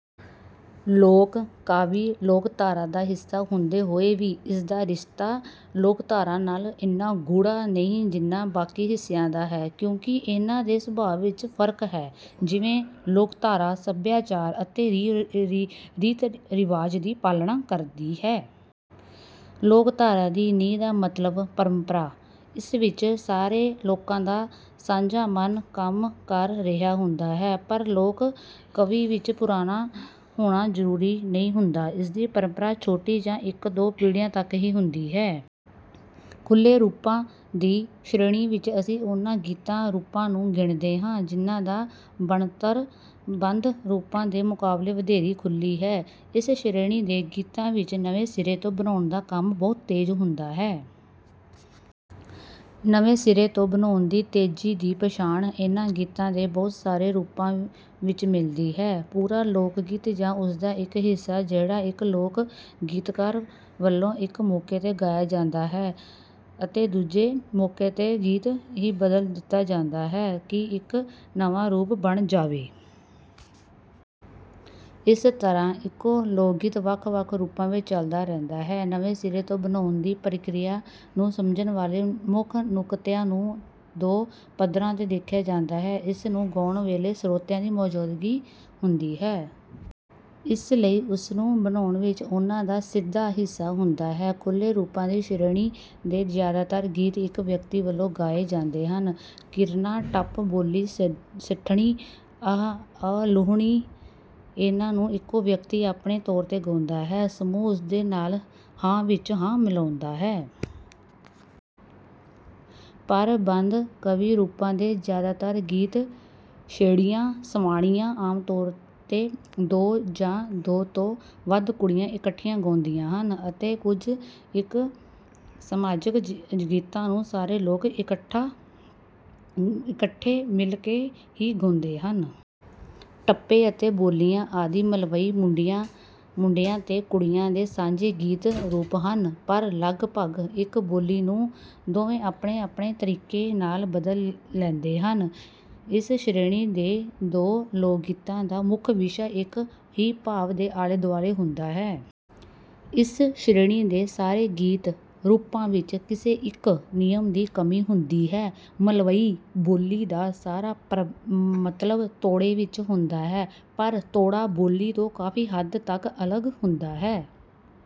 ਲੋਕ ਕਾਵੀ ਲੋਕਧਾਰਾ ਦਾ ਹਿੱਸਾ ਹੁੰਦੇ ਹੋਏ ਵੀ ਇਸਦਾ ਰਿਸ਼ਤਾ ਲੋਕਧਾਰਾ ਨਾਲ ਇੰਨਾ ਗੂੜ੍ਹਾ ਨਹੀਂ ਜਿੰਨਾ ਬਾਕੀ ਹਿੱਸਿਆਂ ਦਾ ਹੈ ਕਿਉਂਕਿ ਇਹਨਾਂ ਦੇ ਸੁਭਾਅ ਵਿੱਚ ਫਰਕ ਹੈ। ਜਿਵੇਂ ਲੋਕਧਾਰਾ ਸੱਭਿਆਚਾਰ ਅਤੇ ਰੀਤ ਰਿਵਾਜ ਦੀ ਪਾਲਣਾ ਕਰਦੀ ਹੈ। ਲੋਕਧਾਰਾ ਦੀ ਨੀਂਹ ਦਾ ਮਤਲਬ ਪਰੰਪਰਾ ਇਸ ਵਿੱਚ ਸਾਰੇ ਲੋਕਾਂ ਦਾ ਸਾਂਝਾ ਮਨ ਕੰਮ ਕਰ ਰਿਹਾ ਹੁੰਦਾ ਹੈ ਪਰ ਲੋਕ ਕਵੀ ਵਿੱਚ ਪੁਰਾਣਾ ਹੋਣਾ ਜ਼ਰੂਰੀ ਨਹੀਂ ਹੁੰਦਾ। ਇਸਦੀ ਪਰੰਪਰਾ ਛੋਟੀ ਜਾਂ ਇੱਕ ਦੋ ਪੀੜੀਆਂ ਤੱਕ ਹੀ ਹੁੰਦੀ ਹੈ। ਖੁੱਲੇ ਰੂਪਾਂ ਦੀ ਸ਼੍ਰੇਣੀ ਵਿੱਚ ਅਸੀਂ ਉਹਨਾਂ ਗੀਤਾਂ ਰੂਪਾਂ ਨੂੰ ਗਿਣਦੇ ਹਾਂ ਜਿਨ੍ਹਾਂ ਦਾ ਬਣਤਰ ਬੰਦ ਰੂਪਾਂ ਦੇ ਮੁਕਾਬਲੇ ਵਧੇਰੇ ਖੁੱਲੀ ਹੈ। ਇਸ ਸ਼੍ਰੇਣੀ ਦੇ ਗੀਤਾਂ ਵਿੱਚ ਨਵੇਂ ਸਿਰੇ ਤੋਂ ਬਣਾਉਣ ਦਾ ਕੰਮ ਬਹੁਤ ਤੇਜ਼ ਹੁੰਦਾ ਹੈ। ਨਵੇਂ ਸਿਰੇ ਤੋਂ ਬਣਾਉਣ ਦੀ ਤੇਜ਼ੀ ਦੀ ਪਛਾਣ ਇਹਨਾਂ ਗੀਤਾਂ ਦੇ ਬਹੁਤ ਸਾਰੇ ਰੂਪਾਂ ਵਿੱਚ ਮਿਲਦੀ ਹੈ। ਪੂਰਾ ਲੋਕਗੀਤ ਜਾਂ ਉਸਦਾ ਇੱਕ ਹਿੱਸਾ ਜਿਹੜਾ ਇੱਕ ਲੋਕ ਗੀਤਕਾਰ ਵੱਲੋਂ ਇੱਕ ਮੌਕੇ ਤੇ ਗਾਇਆ ਜਾਂਦਾ ਹੈ ਅਤੇ ਦੂਜੇ ਮੌਕੇ ਤੇ ਉਹ ਗੀਤ ਹੀ ਇੰਨਾ ਬਦਲ ਜਾਂਦਾ ਹੈ ਕਿ ਇੱਕ ਨਵਾਂ ਰੂਪ ਬਣ ਜਾਵੇ। ਇਸ ਤਰ੍ਹਾਂ ਇੱਕੋ ਲੋਕਗੀਤ ਵੱਖ ਵੱਖ ਰੂਪਾਂ ਵਿੱਚ ਚੱਲਦਾ ਰਹਿੰਦਾ ਹੈ। ਨਵੇਂ ਸਿਰੇ ਤੋਂ ਬਣਾਉਣ ਦੀ ਪ੍ਰਕਿਰਿਆ ਨੂੰ ਸਮਝਣ ਵਾਲੇ ਮੁੱਖ ਨੁਕਤਿਆਂ ਨੂੰ ਦੋ ਪੱਧਰਾਂ ਤੇ ਦੇਖਿਆ ਜਾਂਦਾ ਹੈ। ਇਸ ਨੂੰ ਗਾਉਣ ਵੇਲੇ ਸਰੋਤਿਆਂ ਦੀ ਮੌਜੂਦਗੀ ਹੁੰਦੀ ਹੈ। ਇਸ ਲਈ ਇਸਨੂੰ ਬਣਾਉਣ ਵਿੱਚ ਉਹਨਾਂ ਦਾ ਸਿੱਧਾ ਹਿੱਸਾ ਹੁੰਦਾ ਹੈ। ਖੁੱਲੇ ਰੂਪਾਂ ਦੀ ਸ਼੍ਰੇਣੀ ਦੇ ਜ਼ਿਆਦਾਤਰ ਗੀਤ ਇੱਕ ਵਿਅਕਤੀ ਵੱਲੋਂ ਗਾਏ ਜਾਂਦੇ ਹਨ। ਕੀਰਨਾ ਟੱਪਾ ਬੋਲੀ ਸਿੱਠਣੀ ਅਲਾਹੁਣੀ ਇਹਨਾਂ ਨੂੰ ਇੱਕੋ ਵਿਅਕਤੀ ਆਪਣੇ ਤੌਰ ਤੇ ਗਾਉਂਦਾ ਹੈ ਸਮੂਹ ਉਸਦੇ ਨਾਲ ਹਾਂ ਵਿੱਚ ਹਾਂ ਮਿਲਾਉਂਦਾ ਹੈ। ਪਰ ਬੰਦ ਕਵੀ ਰੂਪਾਂ ਦੇ ਜ਼ਿਆਦਾਤਰ ਗੀਤ ਛੇੜੀਆਂ ਸਵਾਣੀਆਂ ਆਮ ਤੌਰ ਤੇ ਦੋ ਜਾਂ ਦੋ ਤੋਂ ਵੱਧ ਕੁੜੀਆਂ ਇਕੱਠੀਆਂ ਗਾਉਂਦੀਆਂ ਹਨ ਅਤੇ ਕੁਝ ਇੱਕ ਸਮਾਜਕ ਗੀਤਾਂ ਨੂੰ ਸਾਰੇ ਲੋਕ ਇਕੱਠੇ ਮਿਲ ਕੇ ਹੀ ਗਾਉਂਦੇ ਹਨ। ਟੱਪੇ ਅਤੇ ਬੋਲੀਆਂ ਆਦੀ ਮਲਵਈ ਮੁੰਡਿਆਂ ਤੇ ਕੁੜੀਆਂ ਦੇ ਸਾਂਝੇ ਗੀਤ ਰੂਪ ਹਨ ਪਰ ਲਗਪਗ ਇੱਕ ਬੋਲੀ ਨੂੰ ਦੋਵੇਂ ਆਪਣੇ ਆਪਣੇ ਤਰੀਕੇ ਨਾਲ ਬਦਲ ਲੈਂਦੇ ਹਨ। ਇਸ ਸ਼੍ਰੇਣੀ ਦੇ ਦੋ ਲੋਕਗੀਤਾਂ ਦਾ ਮੁੱਖ ਵਿਸ਼ਾ ਇੱਕ ਹੀ ਭਾਵ ਦੇ ਆਲੇ ਦੁਆਲੇ ਹੁੰਦਾ ਹੈ। ਇਸ ਸ਼੍ਰੇਣੀ ਦੇ ਸਾਰੇ ਗੀਤ ਰੂਪਾਂ ਵਿੱਚ ਕਿਸੇ ਇੱਕ ਨਿਯਮ ਦੀ ਕਮੀ ਹੁੰਦੀ ਹੈ। ਮਲਵਈ ਬੋਲੀ ਦਾ ਸਾਰਾ ਮਤਲਬ ਤੋੜੇ ਵਿੱਚ ਹੁੰਦਾ ਹੈ ਪਰ ਤੋੜਾ ਬੋਲੀ ਤੋਂ ਕਾਫੀ ਹੱਦ ਤੱਕ ਅਲੱਗ ਹੁੰਦਾ ਹੈ।